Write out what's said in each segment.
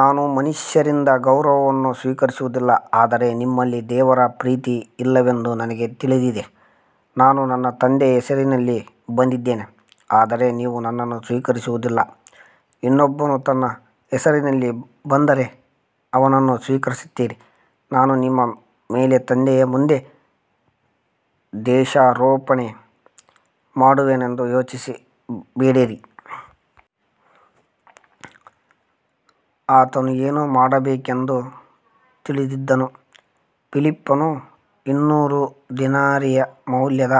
ನಾನು ಮನುಷ್ಯರಿಂದ ಗೌರವವನ್ನು ಸ್ವೀಕರಿಸುವುದಿಲ್ಲ, ಆದರೆ ನಿಮ್ಮಲ್ಲಿ ದೇವರ ಪ್ರೀತಿ ಇಲ್ಲವೆಂದು ನನಗೆ ತಿಳಿದಿದೆ. ನಾನು ನನ್ನ ತಂದೆಯ ಹೆಸರಿನಲ್ಲಿ ಬಂದಿದ್ದೇನೆ, ಆದರೆ ನೀವು ನನ್ನನ್ನು ಸ್ವೀಕರಿಸುವುದಿಲ್ಲ. ಇನ್ನೊಬ್ಬನು ತನ್ನ ಹೆಸರಿನಲ್ಲಿ ಬಂದರೆ ಅವನನ್ನು ಸ್ವೀಕರಿಸುತ್ತೀರಿ. ನಾನು ನಿಮ್ಮ ಮೇಲೆ ತಂದೆಯ ಮುಂದೆ ದೋಷಾರೋಪಣೆ ಮಾಡುವೆನೆಂದು ಯೋಚಿಸಬೇಡಿರಿ. ಆತನು ಏನು ಮಾಡಬೇಕೆಂದು ತಿಳಿದಿದ್ದನು. ಫಿಲಿಪ್ಪನು, ಇನ್ನೂರು ದಿನಾರಿಯ ಮೌಲ್ಯದ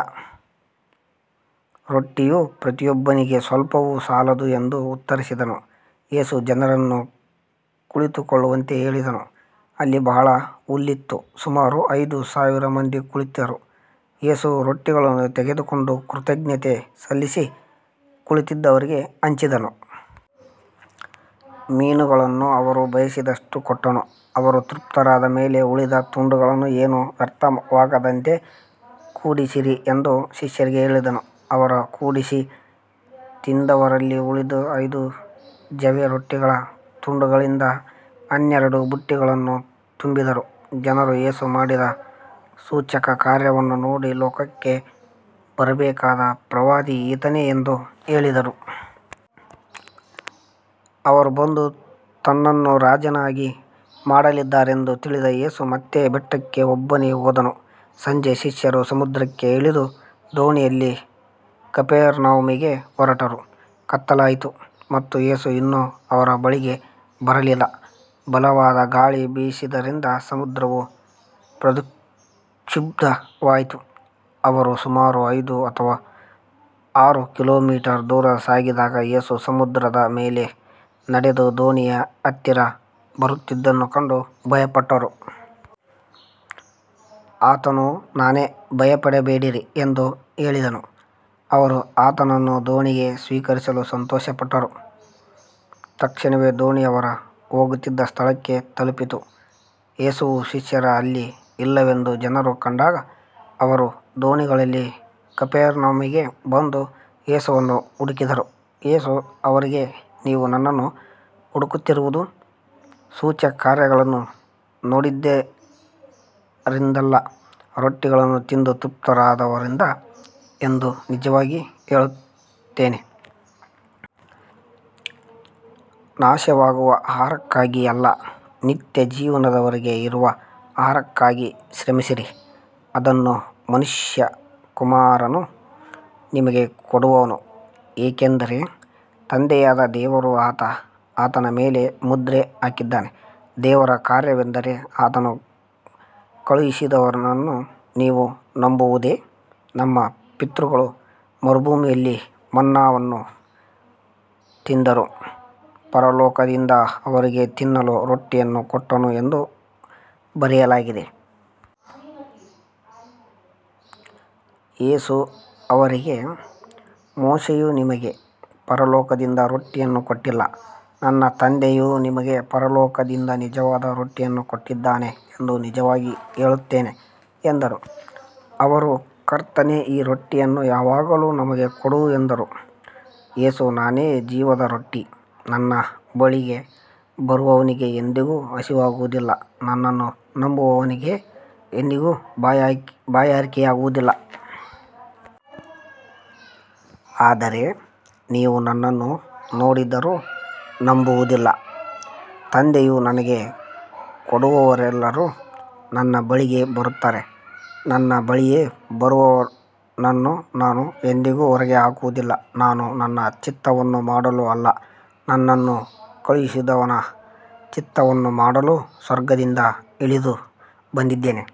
ರೊಟ್ಟಿಯೂ ಪ್ರತಿಯೊಬ್ಬನಿಗೆ ಸ್ವಲ್ಪವೂ ಸಾಲದು ಎಂದು ಉತ್ತರಿಸಿದನು. ಯೇಸು ಜನರನ್ನು ಕುಳಿತುಕೊಳ್ಳುವಂತೆ ಹೇಳಿದನು. ಅಲ್ಲಿ ಬಹಳ ಹುಲ್ಲಿತ್ತು. ಸುಮಾರು ಐದು ಸಾವಿರ ಮಂದಿ ಕುಳಿತರು. ಯೇಸು ರೊಟ್ಟಿಗಳನ್ನು ತೆಗೆದುಕೊಂಡು ಕೃತಜ್ಞತೆ ಸಲ್ಲಿಸಿ, ಕುಳಿತಿದ್ದವರಿಗೆ ಹಂಚಿದನು. ಮೀನುಗಳನ್ನೂ ಅವರು ಬಯಸಿದಷ್ಟು ಕೊಟ್ಟನು. ಅವರು ತೃಪ್ತರಾದ ಮೇಲೆ, ಉಳಿದ ತುಂಡುಗಳನ್ನು ಏನೂ ವ್ಯರ್ಥವಾಗದಂತೆ ಕೂಡಿಸಿರಿ ಎಂದು ಶಿಷ್ಯರಿಗೆ ಹೇಳಿದನು. ಅವರು ಕೂಡಿಸಿ, ತಿಂದವರಲ್ಲಿ ಉಳಿದ ಐದು ಜವೆ ರೊಟ್ಟಿಗಳ ತುಂಡುಗಳಿಂದ ಹನ್ನೆರಡು ಬುಟ್ಟಿಗಳನ್ನು ತುಂಬಿದರು. ಜನರು ಯೇಸು ಮಾಡಿದ ಸೂಚಕಕಾರ್ಯವನ್ನು ನೋಡಿ, ಲೋಕಕ್ಕೆ ಬರಬೇಕಾದ ಪ್ರವಾದಿ ಈತನೇ ಎಂದು ಹೇಳಿದರು. ಅವರು ಬಂದು ತನ್ನನ್ನು ರಾಜನನ್ನಾಗಿ ಮಾಡಲಿದ್ದಾರೆಂದು ತಿಳಿದ ಯೇಸು ಮತ್ತೆ ಬೆಟ್ಟಕ್ಕೆ ಒಬ್ಬನೇ ಹೋದನು. ಸಂಜೆ ಶಿಷ್ಯರು ಸಮುದ್ರಕ್ಕೆ ಇಳಿದು, ದೋಣಿಯಲ್ಲಿ ಕಪೆರ್ನೌಮಿಗೆ ಹೊರಟರು. ಕತ್ತಲಾಗಿತ್ತು ಮತ್ತು ಯೇಸು ಇನ್ನೂ ಅವರ ಬಳಿಗೆ ಬಂದಿರಲಿಲ್ಲ. ಬಲವಾದ ಗಾಳಿ ಬೀಸಿದ್ದರಿಂದ ಸಮುದ್ರವು ಪ್ರಕ್ಷುಬ್ಧವಾಯಿತು. ಅವರು ಸುಮಾರು ಐದು ಅಥವಾ ಆರು ಕಿಲೋಮೀಟರ್ ದೂರ ಸಾಗಿದಾಗ, ಯೇಸು ಸಮುದ್ರದ ಮೇಲೆ ನಡೆದು ದೋಣಿಯ ಹತ್ತಿರ ಬರುತ್ತಿರುವುದನ್ನು ಕಂಡು ಭಯಪಟ್ಟರು. ಆತನು, ನಾನೇ, ಭಯಪಡಬೇಡಿರಿ ಎಂದು ಹೇಳಿದನು. ಅವರು ಆತನನ್ನು ದೋಣಿಗೆ ಸ್ವೀಕರಿಸಲು ಸಂತೋಷಪಟ್ಟರು. ತಕ್ಷಣವೇ ದೋಣಿ ಅವರು ಹೋಗುತ್ತಿದ್ದ ಸ್ಥಳಕ್ಕೆ ತಲುಪಿತು. ಯೇಸುವೂ ಶಿಷ್ಯರೂ ಅಲ್ಲಿ ಇಲ್ಲವೆಂದು ಜನರು ಕಂಡಾಗ, ಅವರು ದೋಣಿಗಳಲ್ಲಿ ಕಪೆರ್ನೌಮಿಗೆ ಬಂದು ಯೇಸುವನ್ನು ಹುಡುಕಿದರು. ಯೇಸು ಅವರಿಗೆ, ನೀವು ನನ್ನನ್ನು ಹುಡುಕುತ್ತಿರುವುದು ಸೂಚಕಕಾರ್ಯಗಳನ್ನು ನೋಡಿದ್ದರಿಂದಲ್ಲ, ರೊಟ್ಟಿಗಳನ್ನು ತಿಂದು ತೃಪ್ತರಾದದ್ದರಿಂದ ಎಂದು ನಿಜವಾಗಿ ಹೇಳುತ್ತೇನೆ. ನಾಶವಾಗುವ ಆಹಾರಕ್ಕಾಗಿ ಅಲ್ಲ, ನಿತ್ಯಜೀವದವರೆಗೆ ಇರುವ ಆಹಾರಕ್ಕಾಗಿ ಶ್ರಮಿಸಿರಿ. ಅದನ್ನು ಮನುಷ್ಯಕುಮಾರನು ನಿಮಗೆ ಕೊಡುವನು, ಏಕೆಂದರೆ ತಂದೆಯಾದ ದೇವರು ಆತನ ಮೇಲೆ ಮುದ್ರೆ ಹಾಕಿದ್ದಾನೆ. ದೇವರ ಕಾರ್ಯವೆಂದರೆ ಆತನು ಕಳುಹಿಸಿದವನನ್ನು ನೀವು ನಂಬುವುದೇ. ನಮ್ಮ ಪಿತೃಗಳು ಮರುಭೂಮಿಯಲ್ಲಿ ಮನ್ನಾವನ್ನು ತಿಂದರು, ಪರಲೋಕದಿಂದ ಅವರಿಗೆ ತಿನ್ನಲು ರೊಟ್ಟಿಯನ್ನು ಕೊಟ್ಟನು ಎಂದು ಬರೆಯಲಾಗಿದೆ. ಯೇಸು ಅವರಿಗೆ, ಮೋಶೆಯು ನಿಮಗೆ ಪರಲೋಕದಿಂದ ರೊಟ್ಟಿಯನ್ನು ಕೊಟ್ಟಿಲ್ಲ. ನನ್ನ ತಂದೆಯು ನಿಮಗೆ ಪರಲೋಕದಿಂದ ನಿಜವಾದ ರೊಟ್ಟಿಯನ್ನು ಕೊಡುತ್ತಾನೆ ಎಂದು ನಿಜವಾಗಿ ಹೇಳುತ್ತೇನೆ ಎಂದನು. ಅವರು, ಕರ್ತನೇ, ಈ ರೊಟ್ಟಿಯನ್ನು ಯಾವಾಗಲೂ ನಮಗೆ ಕೊಡು ಎಂದರು. ಯೇಸು, ನಾನೇ ಜೀವದ ರೊಟ್ಟಿ. ನನ್ನ ಬಳಿಗೆ ಬರುವವನಿಗೆ ಎಂದಿಗೂ ಹಸಿವಾಗುವುದಿಲ್ಲ, ನನ್ನನ್ನು ನಂಬುವವನಿಗೆ ಎಂದಿಗೂ ಬಾಯಾರಿಕೆಯಾಗುವುದಿಲ್ಲ. ಆದರೆ ನೀವು ನನ್ನನ್ನು ನೋಡಿದ್ದರೂ ನಂಬುವುದಿಲ್ಲ. ತಂದೆಯು ನನಗೆ ಕೊಡುವವರೆಲ್ಲರೂ ನನ್ನ ಬಳಿಗೆ ಬರುತ್ತಾರೆ. ನನ್ನ ಬಳಿಗೆ ಬರುವವನನ್ನು ನಾನು ಎಂದಿಗೂ ಹೊರಗೆ ಹಾಕುವುದಿಲ್ಲ. ನಾನು ನನ್ನ ಚಿತ್ತವನ್ನು ಮಾಡಲು ಅಲ್ಲ, ನನ್ನನ್ನು ಕಳುಹಿಸಿದವನ ಚಿತ್ತವನ್ನು ಮಾಡಲು ಸ್ವರ್ಗದಿಂದ ಇಳಿದುಬಂದಿದ್ದೇನೆ.